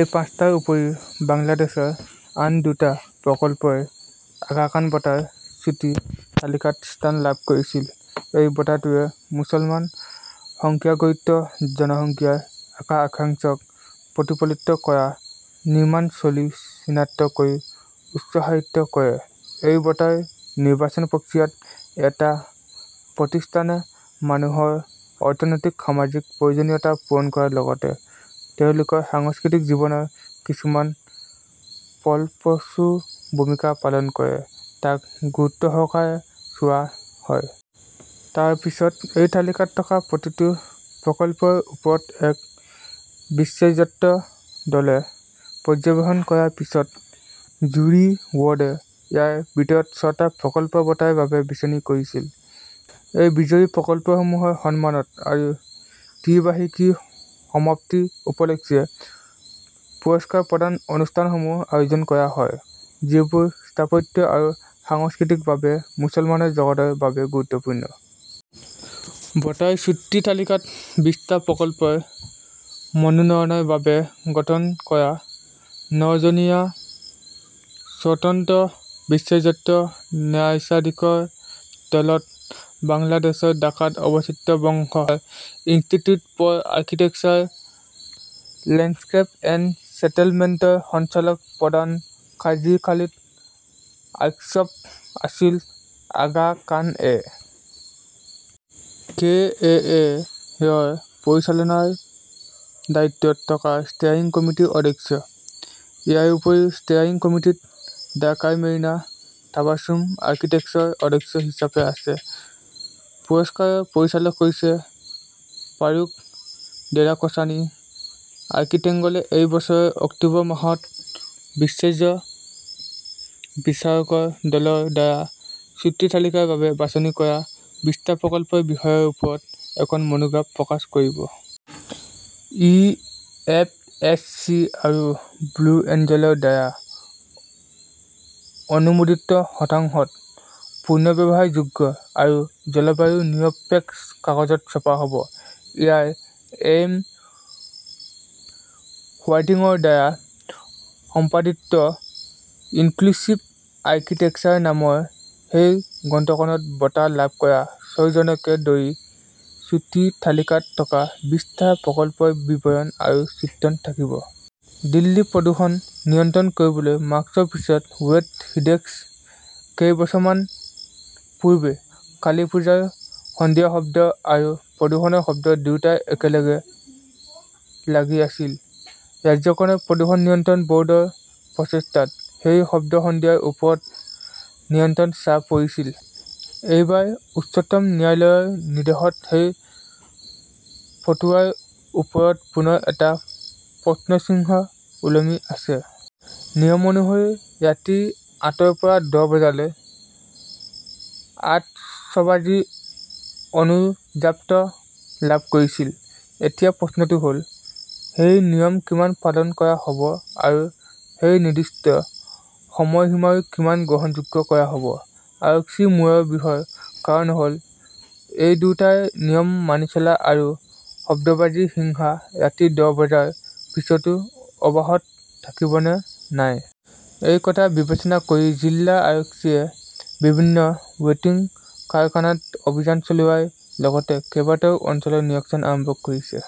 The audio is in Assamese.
এই পাঁচটাৰ উপৰিও বাংলাদেশৰ আন দুটা প্ৰকল্পই আগা খান বঁটাৰ চুটি তালিকাত স্থান লাভ কৰিছিল। এই বঁটাটোৱে মুছলমান সংখ্যাগয়িষ্ঠ জনসংখ্যাৰ আশা-আকাংক্ষাক প্ৰতিফলিত কৰা নিৰ্মাণ শৈলী চিনাক্ত কৰি উৎসাহিত কৰে। এই বঁটাৰ নিৰ্বাচন প্ৰক্ৰিয়াত এটা প্ৰতিষ্ঠানে মানুহৰ অৰ্থনৈতিক-সামাজিক প্ৰয়োজনীয়তা পূৰণ কৰাৰ লগতে তেওঁলোকৰ সাংস্কৃতিক জীৱনত কিছুমান ফলপ্ৰসূ ভূমিকা পালন কৰে তাক গুৰুত্বসহকাৰে চোৱা হয়। তাৰ পিছত এই তালিকাত থকা প্ৰতিটো প্ৰকল্পৰ ওপৰত এক বিশেজত্ব দলে পৰ্যবেক্ষণ কৰাৰ পিছত জ্যুৰী বৰ্ডে ইয়াৰ ভিতৰত ছটা প্ৰকল্পক বঁটাৰ বাবে বাছনি কৰিছিল। এই বিজয়ী প্ৰকল্পসমূহৰ সন্মানত আৰু ত্ৰিবাৰ্ষিকীৰ সমাপ্তি উপলক্ষে পুৰস্কাৰ প্ৰদান অনুষ্ঠানসমূহ আয়োজন কৰা হয়, যিবোৰ স্থাপত্য আৰু সাংস্কৃতিকভাৱে মুছলমান জগতৰ বাবে গুৰুত্বপূৰ্ণ। বঁটাৰ চুটি তালিকাত বিশটা প্ৰকল্পই মনোনয়নৰ বাবে গঠন কৰা ন'জনীয়া স্বতন্ত্ৰ বিশেষজ্ঞ ন্যায়াধীশৰ দলত বাংলাদেশৰ ঢাকাত অৱস্থিত Banga institute for architecture landscape and ছেটেলমেণ্টছৰ সঞ্চালক প্ৰধান কাজী খালিদ আশ্ৰফ আছিল। আগা খান এ. কে. এ. এ. -ৰ পৰিচালনাৰ দায়িত্বত তকা ষ্টেয়াৰিং কমিটিৰ অধ্যক্ষ। ইয়াৰ উপৰিও ষ্টেয়াৰিং কমিটীত ঢাকাৰ মেৰিনা টাবাছুম আৰ্কিটেক্টছৰ অধ্যক্ষ হিচাপে আছে। পুৰস্কাৰৰ পৰিচালক হৈছে ফাৰুখ দেৰাখকছানী। আৰ্কিটেংগলে এই বছৰৰ অক্টোবৰ মাহত বিশেচেজ্ব বিচাৰকৰ দলৰ দ্বাৰা চুটি তালিকাৰ বাবে বাছনি কৰা বিশটা প্ৰকল্পৰ বিষয়ৰ ওপৰত এখন মনোগ্ৰাফ প্ৰকাশ কৰিব। ই এফ.এছ.চি আৰু ব্লু এঞ্জেলৰ দ্বাৰা অনুমোদিত শতাংশত পুনৰ্ব্যৱহাৰযোগ্য আৰু জলবায়ু নিৰপেক্ষ কাগজত ছপা হ 'ব। ছাৰা এম. হোৱাইটিংৰ দ্বাৰা সম্পাদিত্ব 'ইনক্লুচিভ আৰ্কিটেক্সাৰ "নামৰ সেই গ্ৰন্থখনত বঁটা লাভ কৰা ছয়জনকে ধৰি চুটি তালিকাত থকা বিশটা প্ৰকল্পৰ বিৱৰণ আৰু চিত্ৰণ থাকিব। দিল্লীৰ প্ৰদূষণ নিয়ন্ত্ৰণ কৰিবলৈ মাস্কৰ পিছত বেট সিদ্ধেশ কেইবছৰমান পূৰ্বে কালী পূজাৰ সন্ধিয়া শব্দ আৰু প্ৰদূষণৰ শব্দ দুয়োটাই একেলগে লাগি আছিল। ৰাজ্যখনৰ প্ৰদূষণ নিয়ন্ত্ৰণ বৰ্ডৰ প্ৰচেষ্টাত সেই শব্দ-সন্ধিয়াৰ ওপৰত নিয়ন্ত্ৰণৰ ছাঁ পৰিছিল। এইবাৰ উচ্চতম ন্যায়ালয়ৰ নিৰ্দেশত সেই ফতোৱাৰ ওপৰত পুনৰ এটা প্ৰশ্নচিহ্ন ওলমি আছে। নিয়ম অনুসৰি ৰাতি আঠৰ পৰা দহ বজালৈ আতচবাজিৰ অনুজাপত্ৰ লাভ কৰিছিল। এতিয়া প্ৰশ্নটো হ 'ল, সেই নিয়ম কিমান পালন কৰা হ'ব আৰু সেই নিৰ্দিষ্ট সময়সীমাও কিমান গ্ৰহণযোগ্য কৰা হ 'ব? আৰক্ষীৰ মূৰৰ বিষৰ কাৰণ হ'ল এই দুয়োটাই নিয়ম মানি চলা আৰু শব্দবাজিৰ হিংসা ৰাতি দহ বজাৰ পিছতো অব্যাহত থাকিব নে নাই। এই কথা বিবেচনা কৰি জিলা আৰক্ষীয়ে বিভিন্ন বেটিং কাৰখানাত অভিযান চলোৱাৰ লগতে কেইবাটাও অঞ্চলত নিৰীক্ষণ আৰম্ভ কৰিছে।